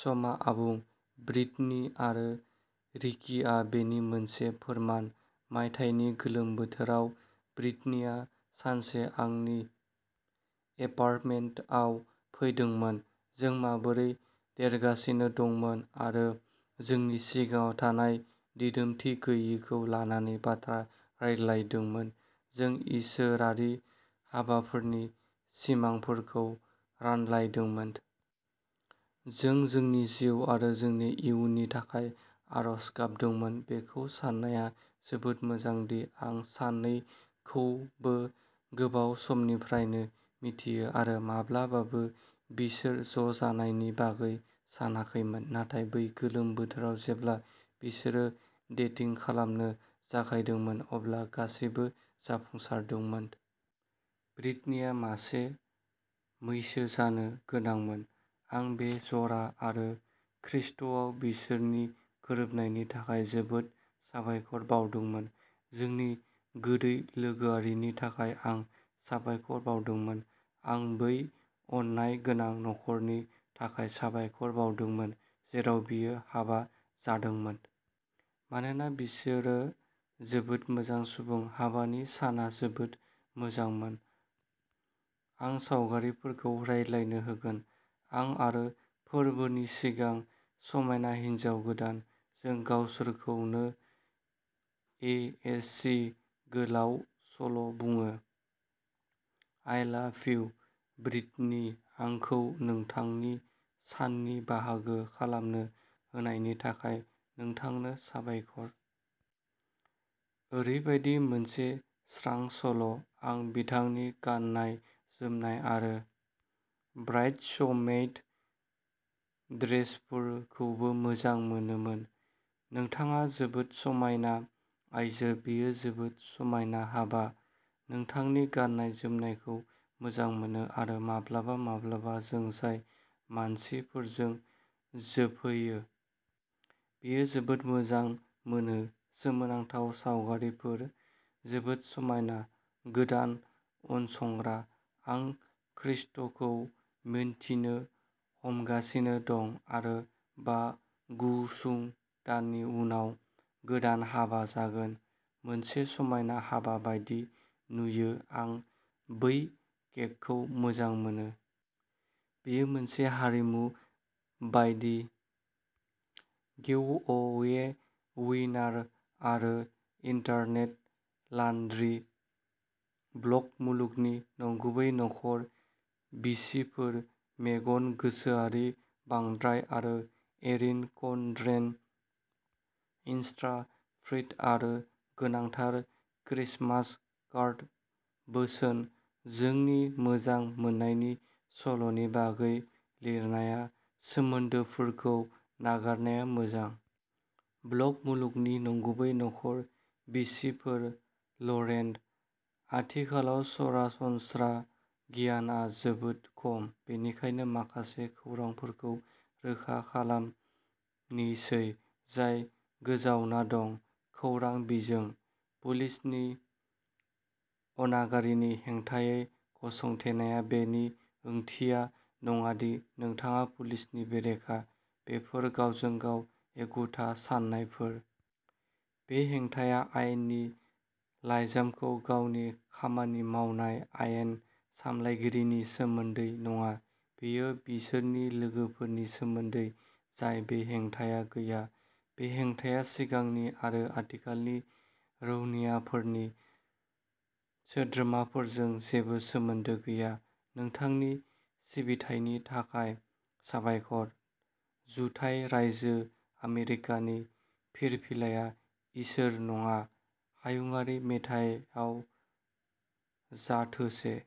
समआ आबुं। ब्रिटनी आरो रिकीआ बेनि मोनसे फोरमान। मायथाइनि गोलोम बोथोराव ब्रिटनीआ सानसे आंनि एपारटमेनटआव फैदोंमोन। जों माबोरै देरगासिनो दंमोन आरो जोंनि सिगाङाव थानाय दिदोमथि गैयैखौ लानानै बाथ्रा रायज्लायदोंमोन। जों इसोरारि हाबाफोरनि सिमांफोरखौ रानलायदोंमोन। जों जोंनि जिउ आरो जोंनि इयुननि थाखाय आरज गाबदोंमोन। बेखौ साननाया जोबोद मोजां दि आं सानैखौबो गोबाव समनिफ्रायनो मिथियो आरो माब्लाबाबो बिसोर ज'जानायनि बागै सानाखैमोन। नाथाय बै गोलोम बोथोराव जेब्ला बिसोरो डेटिं खालामनो जागायदोंमोन, अब्ला गासैबो जाफुंसारदोंमोन। ब्रिटनीआ मासे मैसो जानो गोनांमोन। आं बे जरा आरो खृष्टआव बिसोरनि गोरोबनायनि थाखाय जोबोद साबायखर बावदोंमोन। जोंनि गोदै लोगोआरिनि थाखाय आं साबायखर बावदोंमोन। आं बै अननाय गोनां नखरनि थाखाय साबायखर बावदोंमोन, जेराव बियो हाबा जादोंमोन। मानोना बिसोरो जोबोद मोजां सुबुं। हाबानि साना जोबोद मोजांमोन। आं सावगारिफोरखौ रायज्लायनो होगोन। आं आरो फोरबोनि सिगां समायना हिन्जाव गोदान। जों गावखौनो ए. एस. सी. गोलाव सल' बुङो। आइ लाभ इउ, ब्रिटनी, आंखौ नोंथांनि साननि बाहागो खालामनो होनायनि थाखाय नोंथांनो साबायखर। ओरैबायदि मोनसे स्रां सल'। आं बिथांनि गाननाय जोमनाय आरो ब्राइडसमेइड ड्रेसफोरखौबो मोजां मोनोमोन। नोंथाङा जोबोद समायना आइजो। बेयो जोबोद समायना हाबा। नोंथांनि गाननाय जोमनायखौ मोजां मोनो आरो माब्लाबा माब्लाबा जों जाय मानसिफोरजों जोबहैयो। बेयो जोबोद मोजां मोनो। सोमोनांथाव सावगारिफोर, जोबोद समायना, गोदान उनसंग्रा। आं खृष्टखौ मिनथिनो हमगासिनो दं आरो बा गुसुं दाननि उनाव गोदान हाबा जागोन। मोनसे समायना हाबा बायदि नुयो। आं बै केकखौ मोजां मोनो। बेयो मोनसे आरिमु बायदि गिवअवे विनार आरो इनटारनेट लानड्री। ब्लग मुलुगनि नंगुबै नखर बिसिफोर मेगन गोसोआरि बांद्राय आरो एरिन कनड्रेन। इनस्टाफ्रिड आरो गोनांथार क्रिसमास कार्ड बोसोन। जोंनि मोजां मोननायनि सल'नि बागै लिरनाया। सोमोन्दोफोरखौ नागारनाया मोजां। ब्लग मुलुगनि नंगुबै नखर बिसिफोर लरेन। आथिखालाव सरासनस्रा गियानआ जोबोद खम। बेनिखायनो माखासे खौरांफोरखौ रोखा खालामनिसै जाय गोजावना दं। खौरां बिजों। पुलिसनि अनागारिनि हेंथायै गसंथेनाया बेनि ओंथिया नङा दि नोंथाङा पुलिसनि बेरेखा। बेफोर गावजों-गाव एखुथा साननायफोर। बे हेंथाया आयेननि लाइजामखौ गावनि खामानि मावनाय आयेन सामलायगिरिनि सोमोन्दै नङा। बेयो बिसोरनि लोगोफोरनि सोमोन्दै जाय बे हेंथाया गैया। बे हेंथाया सिगांनि आरो आथिखालनि रौनियाफोरनि सोद्रोमाफोरजों जेबो सोमोन्दो गैया। नोंथांनि सिबिथायनि थाखाय साबायखर। जुथाइ रायजो आमेरिकानि फिरफिलाया इसोर नङा। हायुंआरि मेथाइयाव जाथोसे